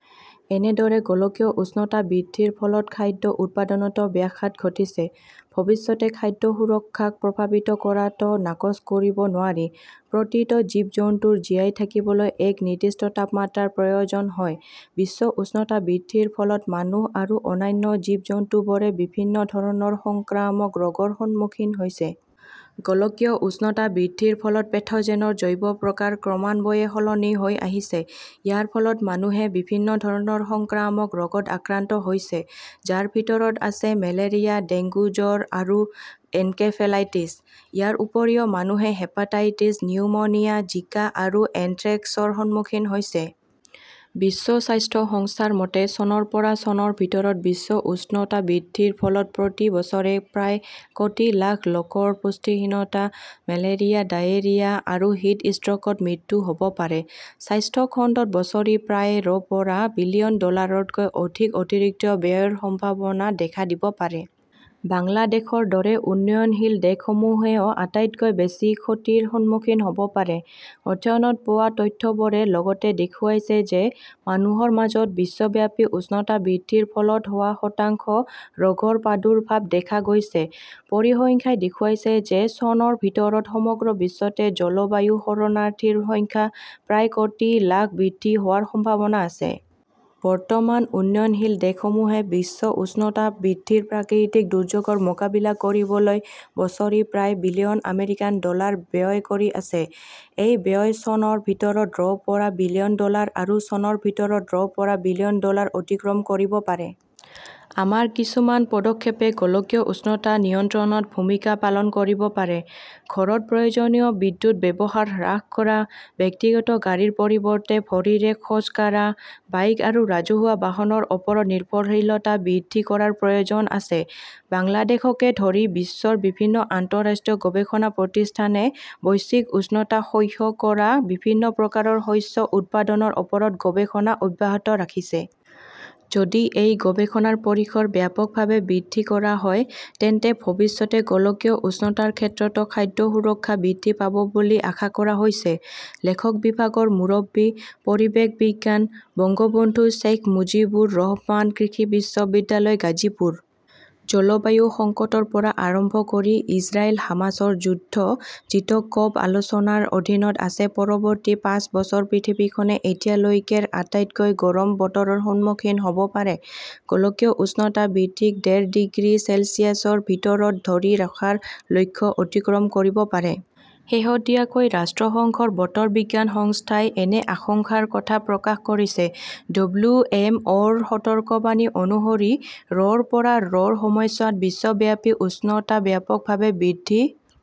এনেদৰে গোলকীয় উষ্ণতা বৃদ্ধিৰ ফলত খাদ্য উৎপাদনতো ব্যাঘাত ঘটিছে। ভৱিষ্যতে খাদ্য সুৰক্ষাক প্ৰভাৱিত কৰাটো নাকচ কৰিব নোৱাৰি। প্ৰতিটো জীৱ-জন্তুৰ জীয়াই থাকিবলৈ এক নিৰ্দিষ্ট তাপমাত্ৰাৰ প্ৰয়োজন হয়। বিশ্ব উষ্ণতা বৃদ্ধিৰ ফলত মানুহ আৰু অন্যান্য জীৱ-জন্তুবোৰে বিভিন্ন ধৰণৰ সংক্ৰামক ৰোগৰ সন্মুখীন হৈছে। গোলকীয় উষ্ণতা বৃদ্ধিৰ ফলত পেথোজেনৰ জৈৱ প্ৰকাৰ ক্ৰমান্বয়ে সলনি হৈ আহিছে। ইয়াৰ ফলত মানুহে বিভিন্ন ধৰণৰ সংক্ৰামক ৰোগত আক্ৰান্ত হৈছে, যাৰ ভিতৰত আছে মেলেৰিয়া, ডেংগু জ্বৰ আৰু এনকেফেলাইটিছ। ইয়াৰ উপৰিও মানুহে হেপাটাইটিছ, নিউমোনিয়া, জিকা আৰু এন্থ্ৰেক্সৰ সন্মুখীন হৈছে। বিশ্ব স্বাস্থ্য সংস্থাৰ মতে, চনৰ পৰা চনৰ ভিতৰত বিশ্ব উষ্ণতা বৃদ্ধিৰ ফলত প্ৰতি বছৰে প্ৰায় কোটি লাখ লোকৰ পুষ্টিহীনতা, মেলেৰিয়া, ডায়েৰিয়া আৰু হিট ষ্ট্ৰ 'কত মৃত্যু হ' ব পাৰে। স্বাস্থ্য খণ্ডত বছৰি প্ৰায় ৰ পৰা বিলিয়ন ডলাৰতকৈ অধিক অতিৰিক্ত ব্যয়ৰ সম্ভাৱনা দেখা দিব পাৰে। বাংলাদেশৰ দৰে উন্নয়নশীল দেশসমূহেও আটাইতকৈ বেছি ক্ষতিৰ সন্মুখীন হ "ব পাৰে। অধ্যয়নত পোৱা তথ্যবোৰে লগতে দেখুৱাইছে যে মানুহৰ মাজত বিশ্বব্যাপী উষ্ণতা বৃদ্ধিৰ ফলত হোৱা শতাংশ ৰোগৰ প্ৰাদুৰ্ভাৱ দেখা গৈছে। পৰিসংখ্যাই দেখুৱাইছে যে চনৰ ভিতৰত সমগ্ৰ বিশ্বতে জলবায়ু-শৰণাৰ্থীৰ সংখ্যা প্ৰায় কোটি লাখ বৃদ্ধি হোৱাৰ সম্ভাৱনা আছে। বৰ্তমান উন্নয়নশীল দেশসমূহে বিশ্ব উষ্ণতা বৃদ্ধিৰ প্ৰাকৃতিক দুৰ্যোগৰ মোকাবিলা কৰিবলৈ বছৰি প্ৰায় বিলিয়ন আমেৰিকান ডলাৰ ব্যয় কৰি আছে। এই ব্যয় চনৰ ভিতৰত ৰ পৰা বিলিয়ন ডলাৰ আৰু চনৰ ভিতৰত ৰ পৰা বিলিয়ন ডলাৰ অতিক্ৰম কৰিব পাৰে। আমাৰ কিছুমান পদক্ষেপে গোলকীয় উষ্ণতা নিয়ন্ত্ৰণত ভূমিকা পালন কৰিব পাৰে। ঘৰত প্ৰয়োজনীয় বিদ্যুৎ ব্যৱহাৰ হ্ৰাস কৰা, ব্যক্তিগত গাড়ীৰ পৰিৱৰ্তে ভৰিৰে খোজ কাঢ়া, বাইক আৰু ৰাজহুৱা বাহনৰ ওপৰত নিৰ্ভৰশীলতা বৃদ্ধি কৰাৰ প্ৰয়োজন আছে। বাংলাদেশকে ধৰি বিশ্বৰ বিভিন্ন আন্তঃৰাষ্ট্ৰীয় গৱেষণা প্ৰতিষ্ঠানে বৈশ্বিক উষ্ণতা সহ্য কৰা বিভিন্ন প্ৰকাৰৰ শস্য উৎপাদনৰ ওপৰত গৱেষণা অব্যাহত ৰাখিছে। যদি এই গৱেষণাৰ পৰিসৰ ব্যাপকভাৱে বৃদ্ধি কৰা হয় তেন্তে ভৱিষ্যতে গোলকীয় উষ্ণতাৰ ক্ষেত্ৰতো খাদ্য সুৰক্ষা বৃদ্ধি পাব বুলি আশা কৰা হৈছে। লেখকঃ বিভাগৰ মুৰব্বী, পৰিৱেশ বিজ্ঞান, বঙ্গবন্ধু শ্বেইখ মুজিবুৰ ৰহমান কৃষি বিশ্ববিদ্যালয়, গাজীপুৰ। জলবায়ু সংকটৰ পৰা আৰম্ভ কৰি ইজৰাইল-হামাসৰ যুদ্ধ, যিটো ক 'প- আলোচনাৰ অধীনত আছে পৰৱৰ্তী পাঁচ বছৰ পৃথিৱীখনে এতিয়ালৈকেৰ আটাইতকৈ গৰম বতৰৰ সন্মুখীন হ 'ব পাৰে! গোলকীয় উষ্ণতা বৃদ্ধিক ডেৰ ডিগ্ৰী চেলছিয়াছৰ ভিতৰত ধৰি ৰখাৰ লক্ষ্য অতিক্ৰম কৰিব পাৰে। শেহতীয়াকৈ ৰাষ্ট্ৰসংঘৰ বতৰ বিজ্ঞান সংস্থাই এনে আশংকাৰ কথা প্ৰকাশ কৰিছে। ডব্লিউ. এম. অ '. -ৰ সতৰ্কবাণী অনুসৰি, -ৰ পৰা -ৰ সময়ছোৱাত বিশ্বব্যাপী উষ্ণতা ব্যাপকভাৱে বৃদ্ধি